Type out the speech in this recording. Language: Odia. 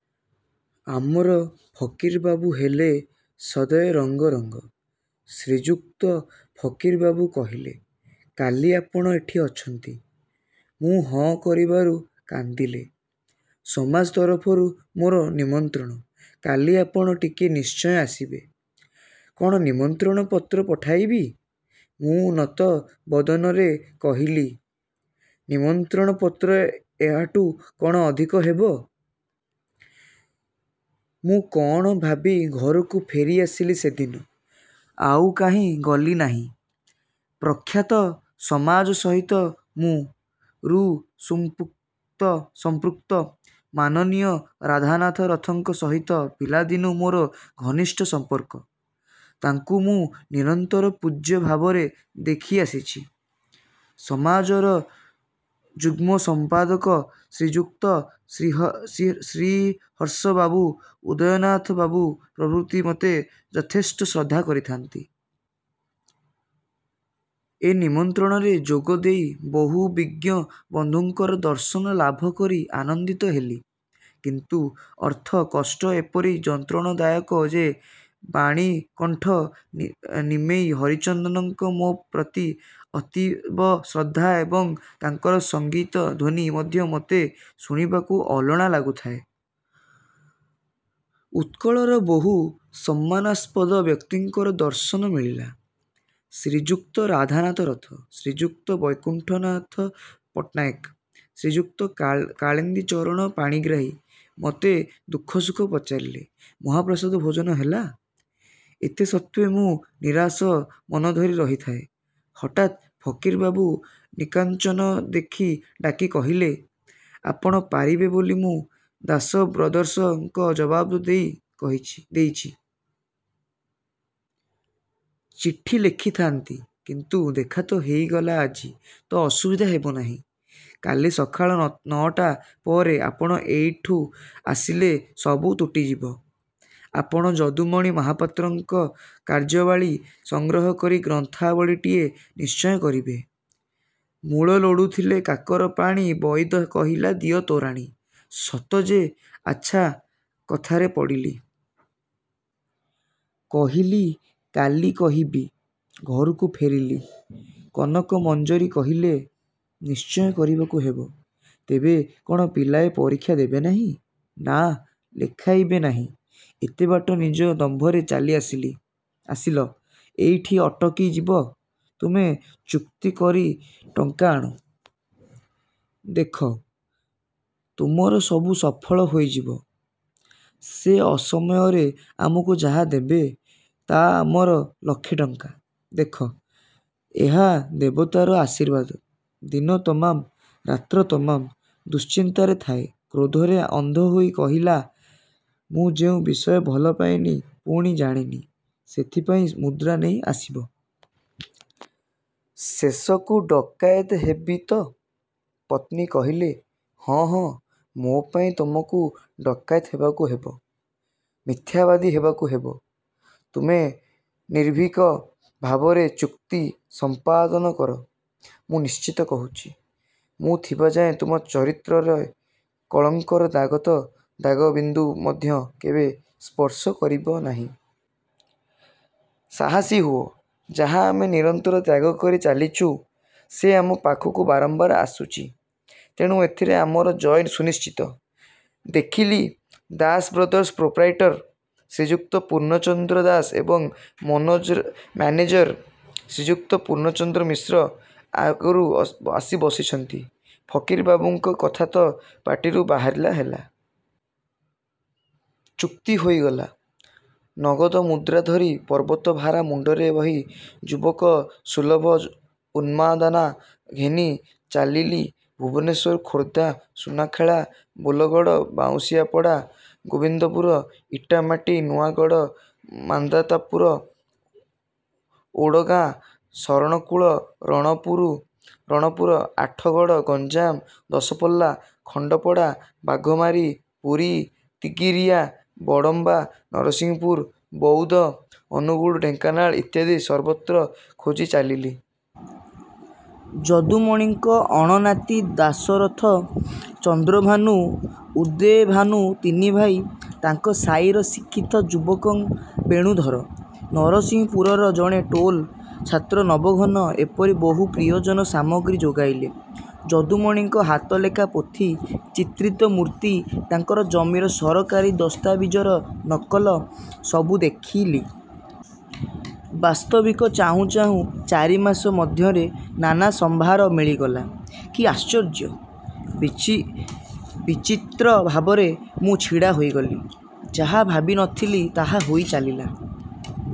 ଆମର ଫକୀର ବାବୁ ହେଲେ-'ସଦୈ ରଙ୍ଗ ରଙ୍ଗ। ' ଶ୍ରୀଯୁକ୍ତ ଫକୀର ବାବୁ କହିଲେ-'କାଲି ଆପଣ ଏଠି ଅଛନ୍ତି? ' ମୁଁ ହଁ କରିବାରୁ କାନ୍ଦିଲେ-''ସମାଜ ତରଫରୁ ମୋର ନିମନ୍ତ୍ରଣ, କାଲି ଆପଣ ଟିକିଏ ନିଶ୍ଚୟ ଆସିବେ। କଣ ନିମନ୍ତ୍ରଣ ପତ୍ର ପଠାଇବି? " ମୁଁ ନତ ବଦନରେ କହିଲି-'ନିମନ୍ତ୍ରଣ ପତ୍ର ଏହାଠୁ କଣ ଅଧିକ ହେବ? ' ମୁଁ କଣ ଭାବି ଘରକୁ ଫେରିଆସିଲି ସେଦିନ। ଆଉ କାହିଁ ଗଲି ନାହିଁ। ପ୍ରଖ୍ୟାତ 'ସମାଜ' ସହିତ ମୁଁ। ରୁ ସଂପୃକ୍ତ। ମାନନୀୟ ରାଧାନାଥ ରଥଙ୍କ ସହିତ ପିଲାଦିନୁଁ ମୋର ଘନିଷ୍ଠ ସଂପର୍କ। ତାଙ୍କୁ ମୁଁ ନିରନ୍ତର ପୂଜ୍ୟ ଭାବରେ ଦେଖିଆସିଛି। 'ସମାଜ'ର ଯୁଗ୍ମ ସମ୍ପାଦକ ଶ୍ରୀଯୁକ୍ତ ଶ୍ରୀହର୍ଷ ବାବୁ, ଉଦୟନାଥ ବାବୁ ପ୍ରଭୃତି ମତେ ଯଥେଷ୍ଟ ଶ୍ରଦ୍ଧା କରିଥାନ୍ତି। ଏ ନିମନ୍ତ୍ରଣରେ ଯୋଗ ଦେଇ ବହୁ ବିଜ୍ଞ ବନ୍ଧୁଙ୍କର ଦର୍ଶନ ଲାଭ କରି ଆନନ୍ଦିତ ହେଲି। କିନ୍ତୁ ଅର୍ଥ କଷ୍ଟ ଏପରି ଯନ୍ତ୍ରଣାଦାୟକ ଯେ ବାଣୀକଣ୍ଠ ନିମେଇ ହରିଚନ୍ଦନଙ୍କ ମୋ ପ୍ରତି ଅତୀବ ଶ୍ରଦ୍ଧା ଏବଂ ତାଙ୍କର ସଙ୍ଗୀତ ଧ୍ୱନି ମଧ୍ୟ ମୋତେ ଶୁଣିବାକୁ ଅଲଣା ଲାଗୁଥାଏ। ଉତ୍କଳର ବହୁ ସମ୍ମାନାସ୍ପଦ ବ୍ୟକ୍ତିଙ୍କର ଦର୍ଶନ ମିଳିଲା। ଶ୍ରୀଯୁକ୍ତ ରାଧାନାଥ ରଥ, ଶ୍ରୀଯୁକ୍ତ ବୈକୁଣ୍ଠନାଥ ପଟ୍ଟନାୟକ, ଶ୍ରୀଯୁକ୍ତ କାଳିନ୍ଦୀଚରଣ ପାଣିଗ୍ରାହୀ ମତେ ଦୁଃଖ ସୁଖ ପଚାରିଲେ। ମହାପ୍ରସାଦ ଭୋଜନ ହେଲା। ଏତେ ସତ୍ତ୍ୱେ ମୁଁ ନିରାଶ ମନଧରି ରହିଥାଏ। ହଠାତ୍ ଫକୀରବାବୁ ନିକାଞ୍ଚନ ଦେଖି ଡାକି କହିଲେ-''ଆପଣ ପାରିବେ ବୋଲି ମୁଁ ''ଦାସ ବ୍ରଦର୍ସ"ଙ୍କୁ ଜବାବ୍ ଦେଇ ଦେଇଛି। ଚିଠି ଲେଖିଥାନ୍ତି, କିନ୍ତୁ ଦେଖା ତ ହୋଇଗଲା ଆଜି ତ ସୁବିଧା ହେବନାହିଁ। କାଲି ସକାଳ ନଅଟା ପରେ ଆପଣ ଏଠିକୁ ଆସିଲେ ସବୁ ତୁଟିଯିବ। ଆପଣ ଯଦୁମଣି ମହାପାତ୍ରଙ୍କ କାର୍ଯ୍ୟାବଳୀ ସଂଗ୍ରହ କରି ଗ୍ରନ୍ଥାବଳୀଟିଏ ନିଶ୍ଚୟ କରିବେ। " ମଳୁ ଲୋଡ଼ୁଥିଲା କାକର ପାଣି ବଇଦ କହିଲା ଦିଅ ତୋରାଣି- ସତ ଯେ, ଆଚ୍ଛା କଥାରେ ପଡ଼ିଲି। କହିଲି-'କାଲି କହିବି। ' ଘରକୁ ଫେରିଲି। କନକ ମଞ୍ଜରୀ କହିଲେ-'ନିଶ୍ଚୟ କରିବାକୁ ହେବ। ତେବେ କଣ ପିଲାଏ ପରିକ୍ଷା ଦେବେ ନାହିଁ, ନାଁ ଲେଖାଇବେ ନାହିଁ? ଏତେ ବାଟ ନିଜ ଦମ୍ଭରେ ଚାଲି ଆସିଲ। ଏଇଠି ଅଟକି ଯିବ? ତୁମେ ଚୁକ୍ତି କରି ଟଙ୍କା ଆଣ। ଦେଖ, ତୁମର ସବୁ ସଫଳ ହୋଇଯିବ। ସେ ଅସମୟରେ ଆମକୁ ଯାହା ଦେବେ, ତା ଆମର ଲକ୍ଷେ ଟଙ୍କା। ଦେଖ, ଏହା ଦେବତାର ଆଶୀର୍ବାଦ। ' ଦିନ ତମାମ, ରାତ୍ର ତମାମ ଦୁଶ୍ଚିନ୍ତାରେ ଥାଏ। କ୍ରୋଧରେ ଅନ୍ଧ ହୋଇ କହିଲା-ମୁଁ ଯେଉଁ ବିଷୟ ଭଲ ପାଏନି ପୁଣି ଜାଣେନି, ସେଥିପାଇଁ ମୁଦ୍ରା ନେଇ ଆସିବି? ଶେଷକୁ ଡକାଏତ ହେବି ତ? ପତ୍ନୀ କହିଲେ-ହଁ, ହଁ, ମୋ ପାଇଁ ତୁମକୁ ଡକାଏତ ହେବାକୁ ହେବ। ମିଥ୍ୟାବାଦୀ ହେବାକୁ ହେବ। ତୁମେ ନିର୍ଭୀକ ଭାବରେ ଚୁକ୍ତି ସଂପାଦନ କର। ମୁଁ ନିଶ୍ଚିତ କହୁଛି, ମୁଁ ଥିବା ଯାଏ ତୁମ ଚରିତ୍ରରେ କଳଙ୍କର ଦାଗ ତ ଦାଗ ବିନ୍ଦୁ ମଧ୍ୟ କେବେ ସ୍ପର୍ଶ କରିବ ନାହିଁ। ସାହସୀ ହୁଅ। ଯାହା ଆମେ ନିରନ୍ତର ତ୍ୟାଗ କରି ଚାଲିଚୁଁ, ସେ ଆମ ପାଖକୁ ବାରମ୍ବାର ଆସୁଛି। ତେଣୁ ଏଥିରେ ଆମର ଜୟ ସୁନିଶ୍ଚିତ। ଦେଖିଲି-'ଦାସ ବ୍ରଦର୍ସ'ର ପ୍ରୋପ୍ରାଇଟର ଶ୍ରୀଯୁକ୍ତ ପୂର୍ଣ୍ଣଚନ୍ଦ୍ର ଦାସ ଏବଂ ମାନେଜର ଶ୍ରୀଯୁକ୍ତ ପୂର୍ଣ୍ଣଚନ୍ଦ୍ର ମିଶ୍ର ଆଗରୁ ଆସି ବସିଛନ୍ତି। ଫକୀର ବାବୁଙ୍କ କଥା ତ ପାଟିରୁ ବାହାରିଲେ ହେଲା। ଚୁକ୍ତି ହୋଇଗଲା।। ନଗଦ ମୁଦ୍ରା ଧରି ପର୍ବତଭାରା ମୁଣ୍ଡରେ ବହି ଯୁବକସୁଲଭ ଉନ୍ମାଦନା ଘେନି ଚାଲିଲି ଭୁବନେଶ୍ୱର, ଖୋର୍ଦ୍ଧା, ସୁନାଖଳା, ବୋଲଗଡ଼, ବାଉଁଶିଆପଡ଼ା, ଗୋବିନ୍ଦପୁର, ଇଟାମାଟି, ନୂଆଗଡ଼, ମାନ୍ଧାତାପୁର, ଓଡ଼ଗାଁ, ଶରଣକୁଳ, ରଣପୁର, ଆଠଗଡ଼, ଗଞ୍ଜାମ ଦଶପଲ୍ଲା, ଖଣ୍ଡପଡ଼ା, ବାଘମାରୀ, ପୁରୀ, ତିଗିରିଆ, ବଡ଼ମ୍ବା, ନରସିଂହପୁର, ବୌଦ, ଅନୁଗୁଳ, ଢେଙ୍କାନାଳ ଇତ୍ୟାଦି ସର୍ବତ୍ର ଖୋଜି ଚାଲିଲି। ଯଦୁମଣିଙ୍କ ଅଣନାତି ଦାଶରଥି, ଚନ୍ଦ୍ରଭାନୁ, ଉଦେଭାନୁ ତିନି ଭାଇ, ତାଙ୍କ ସାଇର ଶିକ୍ଷିତ ଯୁବକ ବେଣୁଧର, ନରସିଂହପୁରର ଜଣେ ଟୋଲ ଛାତ୍ର ନବଘନ ଏପରି ବହୁ ପ୍ରିୟଜନ ସାମଗ୍ରୀ ଯୋଗାଇଲେ। ଯଦୁମଣିଙ୍କ ହାତଲେଖା ପୋଥି, ଚିତ୍ରିତ ମୂର୍ତ୍ତି, ତାଙ୍କର ଜମିର ସରକାରୀ ଦସ୍ତାବିଜର ନକଲ ସବୁ ଦେଖିଲି। ବାସ୍ତବିକ୍ ଚାହୁଁ ଚାହୁଁ ଚାରି ମାସ ମଧ୍ୟରେ ନାନା ସମ୍ଭାର ମିଳିଗଲା। କି ଆଶ୍ଚର୍ଯ୍ୟ! ବିଚିତ୍ର ଭାବରେ ମୁଁ ଛିଡ଼ା ହୋଇଗଲି। ଯାହା ଭାବି ନ ଥିଲି, ତାହା ହୋଇ ଚାଲିଲା।